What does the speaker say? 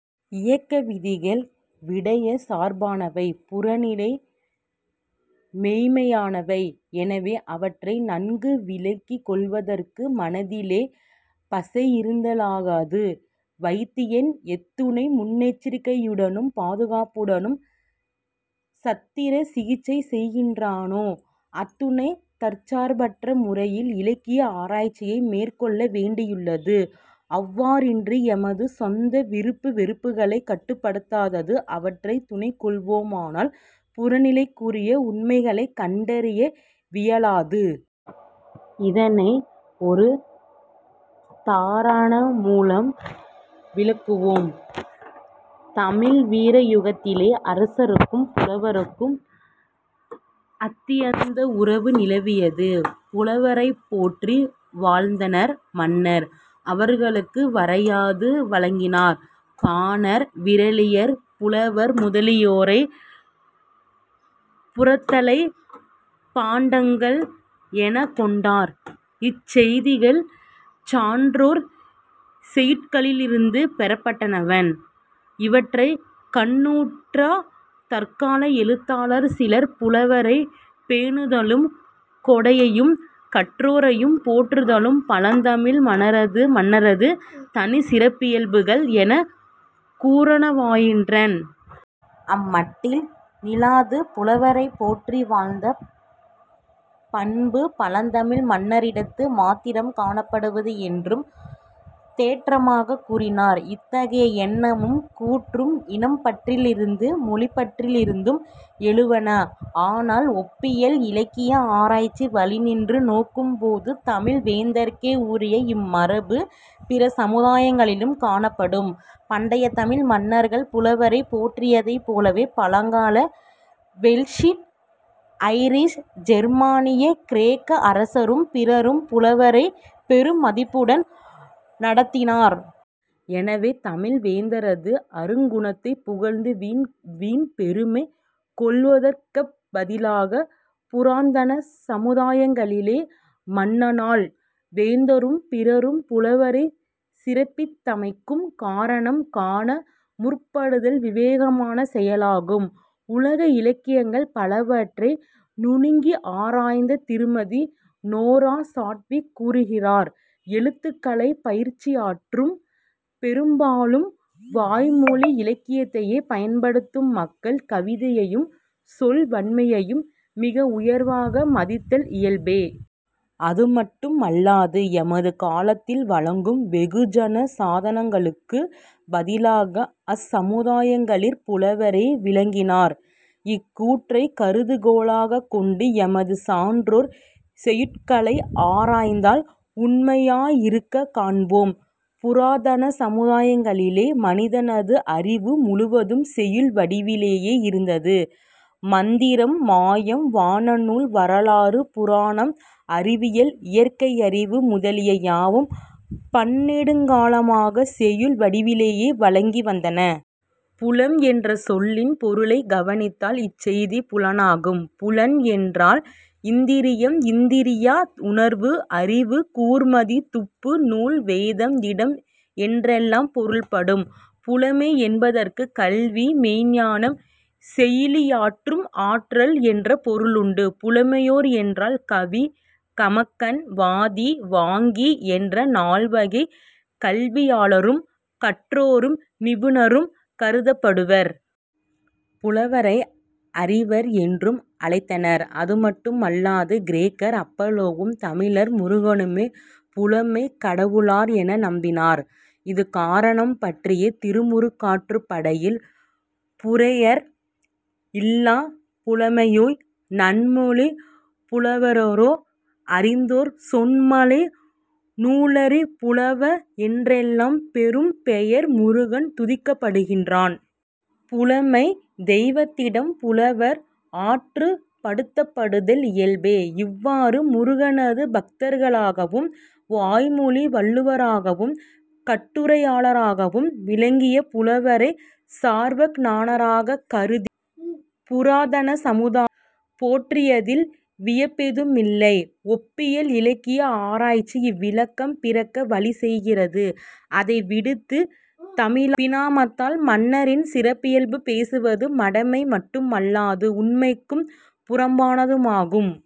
இயக்கவிதிகள் விடயச் சார்பானவை; புறநிலை மெய்ம்மையானவை. எனவே அவற்றை நன்கு விளக்கிக் கொள்ளுவதற்கு மனத்திலே பசையிருத்தலாகாது. வைத்தியன் எத்துணை முன்னெச்சரிக்கையுடனும், பாதுகாப்புடனும் சத்திர சிகிச்சை செய்கின்றானோ அத்துணை தற்சார்பற்ற முறையில் இலக்கிய ஆராய்ச்சியை மேற்கொள்ள வேண்டியுள்ளது. அவ்வாறன்றி எமது சொந்த விருப்பு வெறுப்புகளைக் கட்டுப்படுத்தாது அவற்றைத் துணைக் கொள்வோமானால் புறநிலைக்குரிய உண்மைகளைக் கண்டறிய வியலாது. இதனை ஒருதாரண மூலம் விளக்குவோம். தமிழ் வீர யுகத்திலே அரசருக்கும் புலவருக்கும் அத்தியந்த உறவு நிலவியது. புலவரைப் போற்றி வாழ்ந்தனர் மன்னர். அவர்களுக்கு வரையாது வழங்கினர். பாணர், விறலியர், புலவர் முதலியோரைப் புரத்தலைப் பாண்டகன் எனக் கொண்டனர். இச் செய்திகள் சான்றோர் செய்யுட்களிலிருந்து பெறப்படுவன. இவற்றைக் கண்ணுற்ற தற்கால எழுத்தாளர் சிலர் புலவரைப் பேணுதலும் கொடையும் கற்றோரைப் போற்றுதலும் பழந்தமிழ் மன்னரது தனிச் சிறப்பியல்புகள் எனக் கூறவராயினர். அம்மட்டில் நில்லாது புலவரைப்போற்றி வாழ்ந்த பண்பு பழந்தமிழ் மன்னரிடத்து மாத்திரம் காணப்படுவது என்றும் தேற்றமாகக் கூறினர். இத்தகைய எண்ணமும் கூற்றும் இனப்பற்றிலிருந்தும் மொழிப்பற்றிலிருந்தும் எழுவன. ஆனால் ஒப்பியல் இலக்கிய ஆராய்ச்சி வழி நின்று நோக்கும்போது தமிழ் வேந்தர்க்கே உரிய இம்மரபு பிற சமுதாயங்களிலும் காணப்படும். பண்டைத் தமிழ் மன்னர்கள் புலவரைப் போற்றியதைப் போலவே பழங்கால வெல்ஷ், ஐரிஷ், ஜெர்மானிய, கிரேக்க அரசரும் பிறரும் புலவரைப் பெருமதிப்புடன் நடாத்தினர். எனவே தமிழ் வேந்தரது அருங்குணத்தைப் புகழ்ந்து வீண் பெருமை கொள்ளுவதற்கப் பதிலாகப் புராதன சமுதாயங்களிலே மண்ணாள் வேந்தரும் பிறரும் புலவரைச் சிறப்பித்தமைக்குக் காரணம் காண முற்படுதல் விவேகமான செயலாகும். உலக இலக்கியங்கள் பலவற்றை நுணுகியாராய்ந்த திருமதி. நோரா சாட்விக் கூறுகிறார்: எழுத்துக்கலைப் பயிற்சியற்றுப் பெரும்பாலும் வாய் மொழி இலக்கியத்தையே பயன்படுத்தும் மக்கள் கவிதையையும் சொல் வன்மையையும் மிக உயர்வாக மதித்தல் இயல்பே. அது மட்டுமல்லாது எமது காலத்தில் வழங்கும் வெகுஜன சாதனங்களுக்குப் பதிலாக அச்சமுதாயங்களிற் புலவரே விளங்கினர். இக்கூற்றைக் கருதுகோளாகக் கொண்டு எமது சான்றோர் செய்யுட்களை ஆராய்ந்தால் உண்மையாயிருக்கக் காண்போம். புராதன சமுதாயங்களிலே மனிதனது அறிவு முழுவதும் செய்யுள் வடிவிலேயே இருந்தது. மந்திரம், மாயம், வானநூல், வரலாறு, புராணம், அறிவியல், இயற்கையறிவு முதலிய யாவும் பன்னெடுங்காலமாகச் செய்யுள் வடிவிலேயே வழங்கி வந்தன. புலம் என்ற சொல்லின் பொருளைக் கவனித்தால் இச்செய்தி புலனாகும். புலம் என்றால் இந்திரியம், இந்திரிய உணர்வு, அறிவு, கூர்மதி, துப்பு, நூல், வேதம், இடம் என்றெல்லாம் பொருள்படும். புலமை என்பதற்குக் கல்வி, மெய்ஞ்ஞானம் செய்யுளியற்றும் ஆற்றல் என்ற பொருளுண்டு. புலமையோர் என்றால் கவி, கமகன், வாதி, வாக்கி என்ற நால்வகைக் கல்வியாளரும், கற்றோரும், நிபுணரும் கருதப்படுவர். புலவரை அறிவர் என்றும் அழைத்தனர். அது மட்டுமல்லாது கிரேக்கர் அபோலோவும், தமிழர் முருகனுமே புலமைக் கடவுளர் என நம்பினர். இது காரணம் பற்றியே திருமுருகாற்றுப்படையில், "புரையநர் இல்லாப் புலமையோய்", "நன்மொழிப் புலவரேறே", "அறிந்தோர் சொன் மலை", "நூலறி புலவ" என்றெல்லாம் பெரும் பெயர் முருகன் துதிக்கப்படுகின்றான். புலமைத் தெய்வத்திடம் புலவர் ஆற்றுப் படுத்தப்படுதல் இயல்பே. இவ்வாறு முருகனது பக்தர்களாகவும் வாய்மொழி வல்லவராகவும் கட்டுரையாளராகவும் விளங்கிய புலவரைச் சர்வக்ஞராகக் கருதிப் புராதன சமுதாயம் போற்றியதில் வியப்பெதுவுமில்லை. ஒப்பியல் இலக்கிய ஆராய்ச்சி இவ்விளக்கம் பிறக்க வழி செய்கிறது. அதை விடுத்துத் தமிழபிமானத்தால் மன்னரின் சிறப்பியல்பு பேசுவது மடமை மட்டு மல்லாது உண்மைக்குப் புறம்பானதுமாகும்.